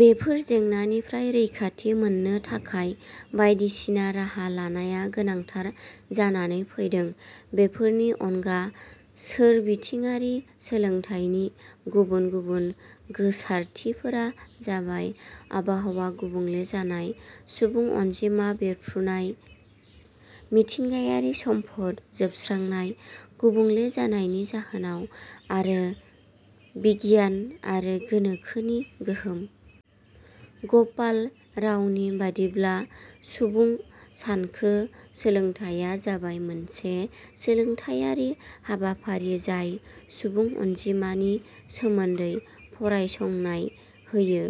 बेफोर जेंनानिफ्राय रैखाथि मोननो थाखाय बाइदिसिना राहा लानाया गोनांथार जानानै फैदों।. बेफोरनि अनगा, सोरबिथिङारि सोलोंथाइनि गुबुन गुबुन गोसारथिफोरा जाबाय, आबहावा गुबुंले जानाय, सुबुं अनजिमा बेफ्रुनाय, मिथिंगायारि सम्पद जोबस्रांनाय, गुबुंले जानायनि जाहोनफोर आरो बिगियान आरो गोनोखोनि गोहोम।: ग 'पाल रावनि बादिब्ला, "सुबुं सानखो सोलोंथाइया जाबाय मोनसे सोलोंथाइयारि हाबाफारि जाय सुबुं अनजिमानि सोमोन्दै फरायसंनाय होयो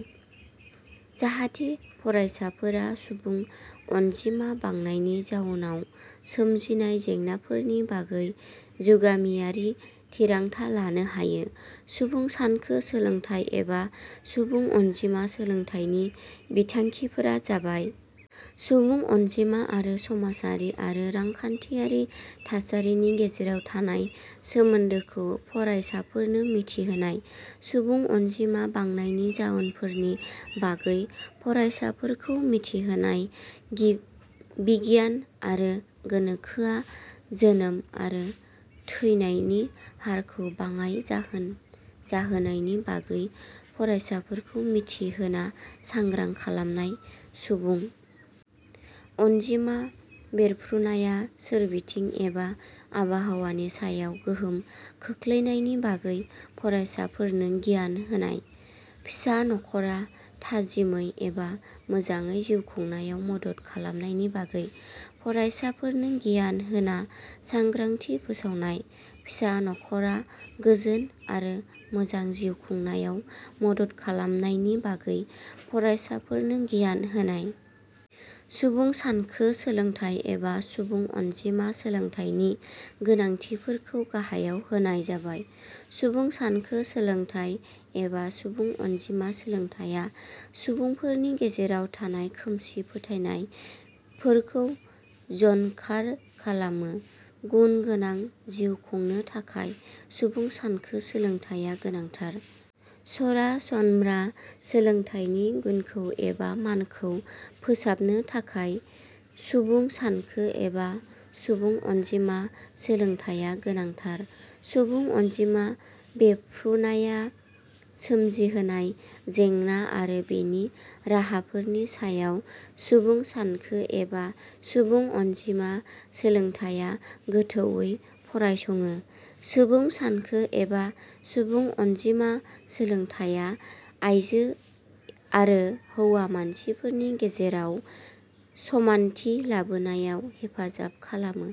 जाहाथे फरायसाफोरा सुबुं अनजिमा बांनायनि जाउनाव सोमजिनाय जेंनाफोरनि बागै जुगामियारि थिरांथा लानो हायो। सुबुं सानखो सोलोंथाइ एबा सुबुं अनजिमा सोलोंथाइनि थांखिफोरा जाबायः. सुबुं अनजिमा आरो समाजारि आरो रांखान्थियारि थासारिनि गेजेराव थानाय सोमोन्दैखौ फरायसाफोरनो मिथिहोनाय।. सुबुं अनजिमा बांनायनि जाहोनफोरनि बागै फरायसाफोरखौ मिथिहोनाय।. बिगियान आरो गोनोखोआ जोनोम आरो थैनायनि हारखौ बाङाय जाहोनायनि बागै फरायसाफोरखौ मिथि होना सांग्रां खालामनाय।.सुबुं अनजिमा बेरफ्रुनाया सोरबिथिं एबा आबहावानि सायाव गोहोम खोखलैनायनि बागै फरायसाफोरनो गियान होनाय।.फिसा नख 'रा थाजिमै एबा मोजांयै जिउ खुंनायाव मदद खालामनायनि बागै फरायसाफोरनो गियान होना सांग्रांथि फोसावनाय।.फिसा नख 'रा गोजोन आरो मोजां जिउ खुंनायाव मदद खालामनायनि बागै फरायसाफोरनो गियान होनाय।: सुबुं सानखो सोलोंथाइ एबा सुबुं अनजिमा सोलोंथाइनि गोनांथिफोरखौ गाहायाव होनाय जाबायः सुबुं सानखो सोलोंथाइ एबा सुबुं अनजिमा सोलोंथाइया सुबुंफोरनि गेजेराव थानाय खोमसि फोथायनाय फोरखौ जानखार खालामो। गुन गोनां जिउ खुंनो थाखाय सुबुं सानखो सोलोंथाइया गोनांथार। सरासनम्रा सोलोंथाइनि गुनखौ एबा मानखौ फोसाबनो थाखाय सुबुं सानखो एबा सुबुं अनजिमा सोलोंथाइया गोनांथार। सुबुं अनजिमा बेफ्रुनाया सोमजिहोनाय जेंना आरो बेनि राहाफोरनि सायाव सुबुं सानखो एबा सुबुं अनजिमा सोलोंथाइया गोथौयै फरायसङो। सुबुं सानखो एबा सुबुं अनजिमा सोलोंथाइया आइजो आरो हौवा मानसिफोरनि गेजेराव समानथि लाबोनायाव हेफाजाब खालामो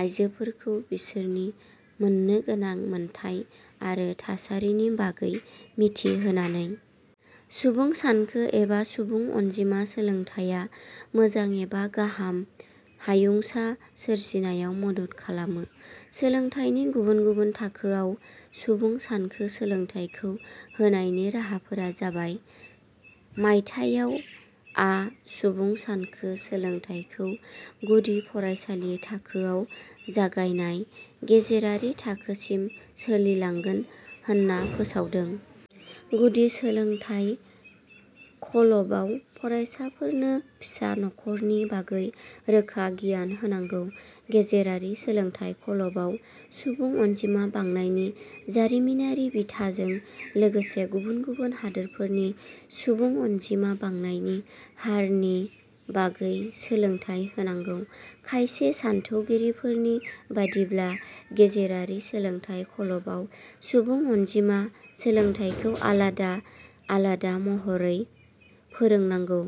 आइजोफोरखौ बिसोरनि मोननो गोनां मोनथाइ आरो थासारिनि बागै मिथि होनानै। सुबुं सानखो एबा सुबुं अनजिमा सोलोंथाइया मोजां एबा गाहाम हायुंसा सोरजिनायाव मदद खालामो।: सोलोंथाइनि गुबुन गुबुन थाखोआव सुबुं सानखो सोलोंथाइखौ होनायनि राहाफोरा जाबाय:. मायथाइयाव, आ सुबुं सानखो सोलोंथाइखौ गुदि फरायसालि थाखोआव जागायना गेजेरारि थाखोसिम सोलिनांगो होनना फोसावदों।. गुदि सोलोंथाइ खल 'बाव फरायसाफोरनो फिसा नख 'रनि बागै रोखा गियान होनांगौ।. गेजेरारि सोलोंथाइ खल 'बाव सुबुं अनजिमा बांनायनि जारिमिनारि बिथाजों लोगोसे गुबुन गुबुन हादरफोरनि सुबुं अनजिमा बांनायनि हारनि बागै सोलोंथाइ होनांगौ।. खायसे सान्थौगिरिफोरनि बादिब्ला गेजेरारि सोलोंथाइ खल 'बाव सुबुं अनजिमा सोलोंथाइखौ आलादा आयदा महरै फोरोंनांगौ।.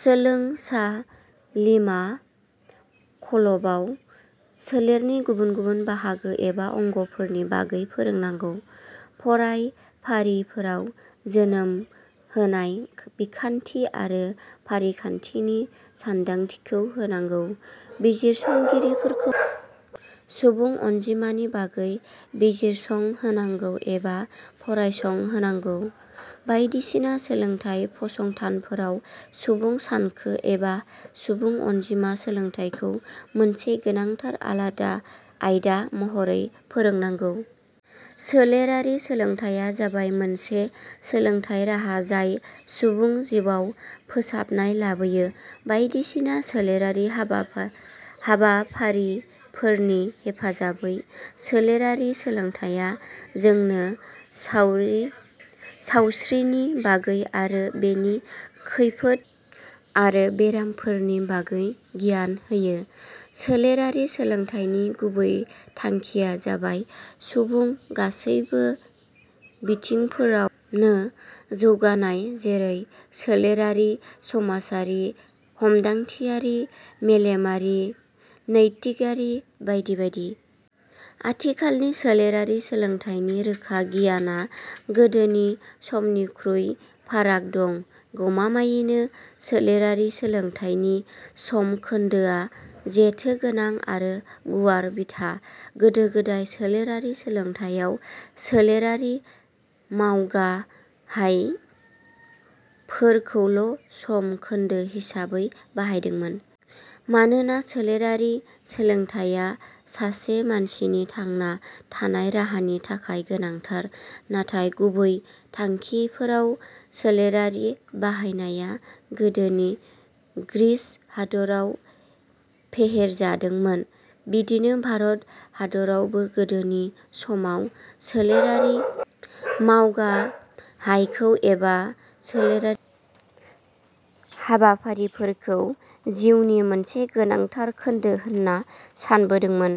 सोलोंसालिमा खल 'बाव, सोलेरनि गुबुन गुबुन बाहागो एबा अंग 'फोरनि बागै फोरोंनांगौ। फरायफारिफोराव जोनोम होनाय बिखान्थि आरो फारिखान्थिनि सान्दांथिखौ होनांगौ।. बिजिरसंगिरिफोरखौ सुबुं अनजिमानि बागै बिजिरसंहोनांगौ एबा फरायसं होनांगौ।. बायदिसिना फोरोंथाइ फसंथानफोराव सुबुं सानखो एबा सुबुं अनजिमा सोलोंथाइखौ मोनसे गोनांथार आलादा आयदा महरै फोरोंनांगौ।: सोलेरारि सोलोंथाइया जाबाय मोनसे सोलोंथाइ राहा जाय सुबुं जिउआव फोसाबनाय लाबोयो बायदिसिना सोलेरारि हाबाफारिफोरनि हेफाजाबै। सोलेरारि सोलोंथाइया जोंनो सावस्रिनि बागै आरो बेनि खैफोद आरो बेरामफोरनि बागै गियान होयो। सोलेरारि सोलोंथाइनि गुबै थांखिया जाबाय, सुबुंनि गासैबो बिथिंफोरावनो जौगानाय जेरै- सोलेरारि, समाजारि, हमदांथियारि, मेलेमारि, नैतिकआरि बायदि बायदि।: आथिखालनि सोलेरारि सोलोंथाइनि रोखा गियाना गोदोनि समनिख्रुइ फाराग दं। गमामायैनो "सोलेरारि सोलोंथाइ " नि सम खोन्दोआ जेथो गोनां आरो गुवार बिथा। गोदो गोदाय सोलेरारि सोलोंथाइयाव सोलेरारि मावगाहाय फोरखौल' सम खोन्दो हिसाबै बाहायदोंमोन। मानोना सोलेरारि सोलोंथाइया सासे मानसिनि थांना थानाय राहानि थाखाय गोनांथार। नाथाइ गुबै थांखियाव सोलेरारि बाहायनाया गोदोनि ग्रीच हादराव फेहेरजादोंमोन। बिदिनो भारत हादरावबो गोदोनि समाव सोलेरारि मावगाहायखौ एबा सोलेरारि हाबाफारिफोरखौ जिउनि मोनसे गोनांथार खोन्दो होनना सानबोदोंमोन।